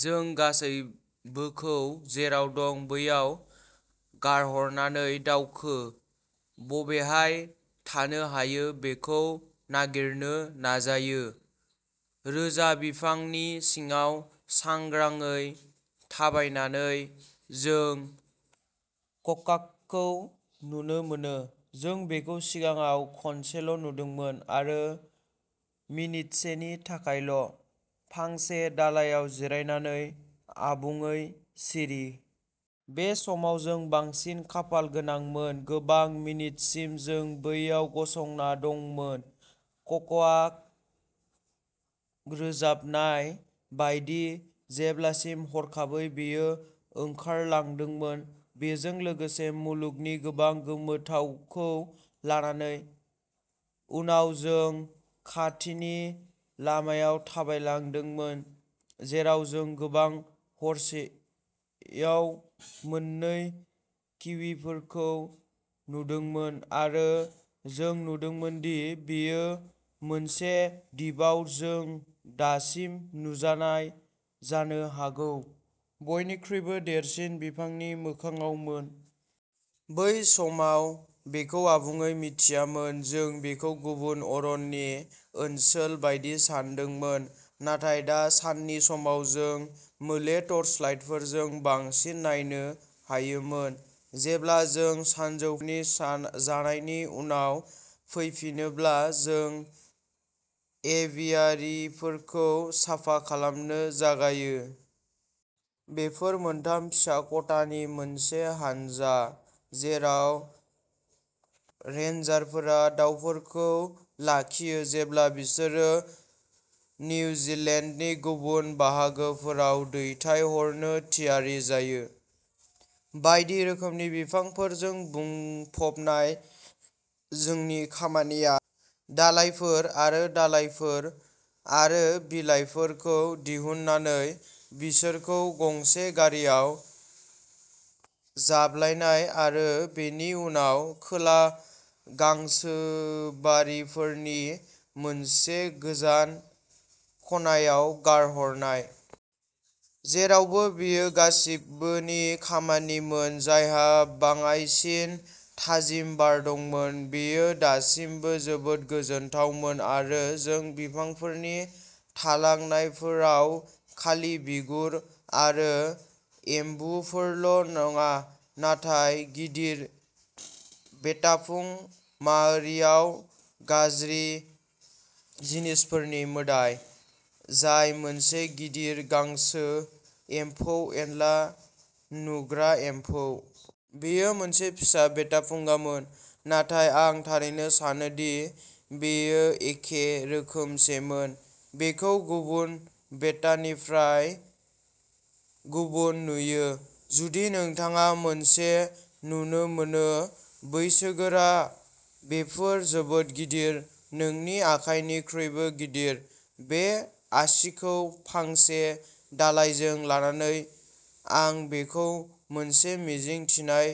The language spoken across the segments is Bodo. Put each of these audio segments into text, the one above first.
जों गासैबोखौ जेराव दं बैयाव गारहरनानै दावखो। बबेहाय थानो हायो बेखौ नागिरनो नाजायो। रोजा बिफांनि सिङाव सांग्राङै थाबायनानै, जों ककाकखौ नुनो मोनो। जों बेखौ सिगाङाव खनसेल' नुदोंमोन आरो मिनितसेनि थाखायल', फांसे दालाइआव जिरायनानै, आबुङै सिरि। बे समाव जों बांसिन खाफाल गोनांमोन। गोबां मिनिटसिम जों बैयाव गसंना दंमोन, कक'आ रोजाबनाय बायदि, जेब्लासिम हरखाबै बेयो ओंखारलांदोंमोन, बेजों लोगोसे मुलुगनि गोबां गोमोथावखौ लानानै। उनाव जों खाथिनि लामायाव थाबायलांदोंमोन, जेराव जों गोबां हरसे याव मोननै किविफोरखौ नुदोंमोन आरो जों नुदोंमोन दि बेयो मोनसे दिपआव जों दासिम नुजानाय जानो हागौ। बयनिख्रुइबो देरसिन बिफांनि मोखाङावमोन। बै समाव बेखौ आबुङै मिथियामोन, जों बेखौ गुबुन अरननि ओनसोल बायदि सान्दोंमोन, नाथाय दा साननि समाव जों मोले टर्चलाइटफोरजों बांसिन नायनो हायोमोन। जेब्ला जों सानजौफुनि सान जानायनि उनाव फैफिनोब्ला जों एभियारिफोरखौ साफा खालामनो जागायो। बेफोर मोनथाम फिसा खथानि मोनसे हानजा जेराव रेन्जारफोरा दाउफोरखौ लाखियो जेब्ला बिसोरो निउजिलेन्डनि गुबुन बाहागोफोराव दैथायहरनो थियारि जायो। बायदि रोखोमनि बिफांफोरजों बुंफबनाय, जोंनि खामानिया दालाइफोर आरो दालाइफोर आरो बिलाइफोरखौ दिहुननानै, बिसोरखौ गंसे गारिआव जाबलायनाय आरो बेनि उनाव खोला गांसोबारिफोरनि मोनसे गोजान खनायाव गारहरनाय। जेरावबो बेयो गासिबोनि खामानिमोन जायहा बाङायसिन थाजिम बार दंमोन, बेयो दासिमबो जोबोद गोजोनथावमोन आरो जों बिफांफोरनि थालांनायफोराव खालि बिगुर आरो एम्बुफोरल' नङा, नाथाय गिदिर वेटापुं-माओरीआव "गाज्रि जिनिसफोरनि मोदाइ", जाय मोनसे गिदिर गांसो, एम्फौ-एनला नुग्रा एम्फौ। बेयो मोनसे फिसा वेटापुंगामोन, नाथाय आं थारैनो सानोदि बेयो एखे रोखोमसेमोन। बेखौ गुबुन वेटानिफ्राय गुबुन नुयो। जुदि नोंथाङा मोनसे नुनो मोनो। बैसोगोरा, बेफोर जोबोद गिदिर नोंनि आखाइनिख्रुइबो गिदिर। बे आसिखौ फांसे दालाइजों लानानै, आं बेखौ मोनसे मिजिं थिनाय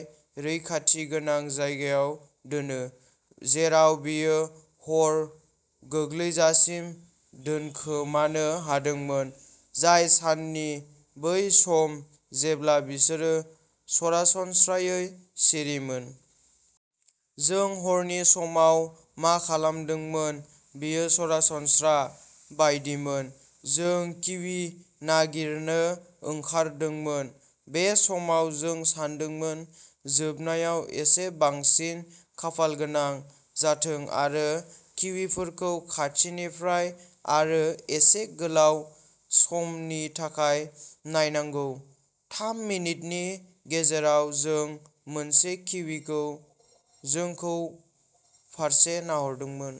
रैखाथि गोनां जायगायाव दोनो, जेराव बेयो हर गोग्लैजासिम दोनखोमानो हादोंमोन, जाय साननि बै सम जेब्ला बिसोरो सरासनस्रायै सिरिमोन। जों हरनि समाव मा खालामदोंमोन, बेयो सरासनस्रा बायदिमोन, जों किवी नागिरनो ओंखारदोंमोन। बे समाव, जों सानदोंमोन, जोबनायाव एसे बांसिन खाफालगोनां जाथों आरो किवीफोरखौ खाथिनिफ्राय आरो एसे गोलाव समनि थाखाय नायनांगौ। थाम मिनिटनि गेजेराव, जों मोनसे किवीखौ जोंखौ फारसे नाहरदोंमोन।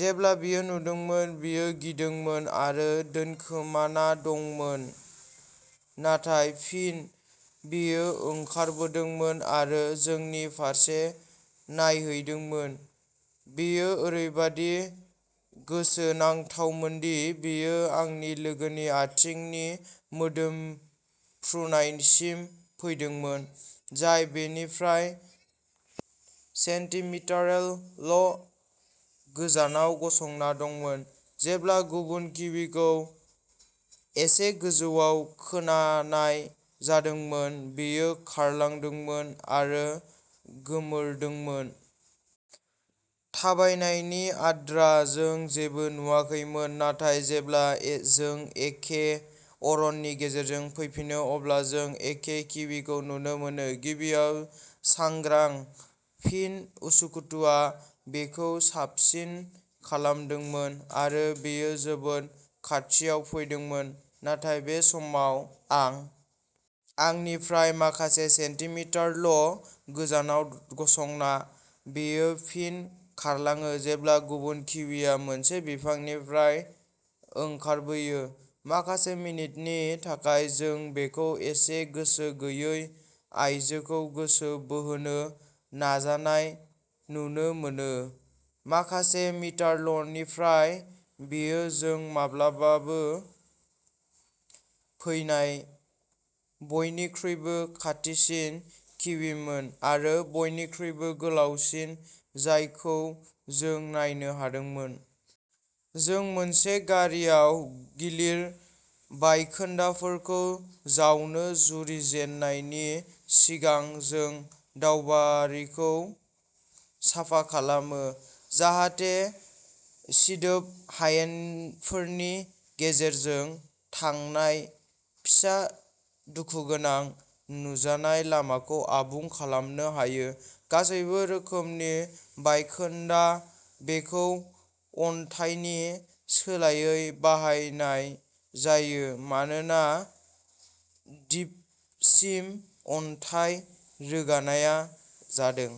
जेब्ला बेयो नुदोंमोन, बेयो गिदोंमोन आरो दोनखोमाना दंमोन। नाथाय फिन बेयो ओंखारबोदोंमोन आरो जोंनि फारसे नायहैदोंमोन। बेयो ओरैबादि गोसोनांथावमोनदि बेयो आंनि लोगोनि आथिंनि मोदोमफ्रुनायसिम फैदोंमोन, जाय बेनिफ्राय सेन्टिमिटारलल' गोजानाव गसंना दंमोन। जेब्ला गुबुन किवीखौ एसे गोजौआव खोनानाय जादोंमोन, बेयो खारलांदोंमोन आरो गोमोरदोंमोन। थाबायनायनि आद्रा, जों जेबो नुवाखैमोन, नाथाय जेब्ला ए जों एखे अरननि गेजेरजों फैफिनो, अब्ला जों एखे किवीखौ नुनो मोनो। गिबियाव सांग्रां, फिन उसुखुथुआ बेखौ साबसिन खालामदोंमोन आरो बेयो जोबोद खाथियाव फैदोंमोन, नाथाय बे समाव आं। आंनिफ्राय माखासे सेन्टिमिटारल'गोजानाव गसंना, बेयो फिन खारलाङो जेब्ला गुबुन किवीआ मोनसे बिफांनिफ्राय ओंखारबोयो। माखासे मिनिटनि थाखाय जों बेखौ एसे गोसो गैयै आइजोखौ गोसो बोहोनो नाजानाय नुनो मोनो। माखासे मिटारल'निफ्राय बेयो जों माब्लाबाबो फैनाय बयनिख्रुइबो खाथिसिन किवीमोन आरो बयनिख्रुइबो गोलावसिन जायखौ जों नायनो हादोंमोन। जों मोनसे गारिआव गिलिर बायखोन्दाफोरखौ जावनो जुरिजेननायनि सिगां जों दावबारिखौ साफा खालामो, जाहाथे सिदोब हायेनफोरनि गेजेरजों थांनाय फिसा दुखुगोनां नुजानाय लामाखौ आबुं खालामनो हायो। गासैबो रोखोमनि बायखोन्दा, बेखौ अन्थाइनि सोलायै बाहायनाय जायो मानोना दिपसिम अन्थाइ रोगानायआ जादों।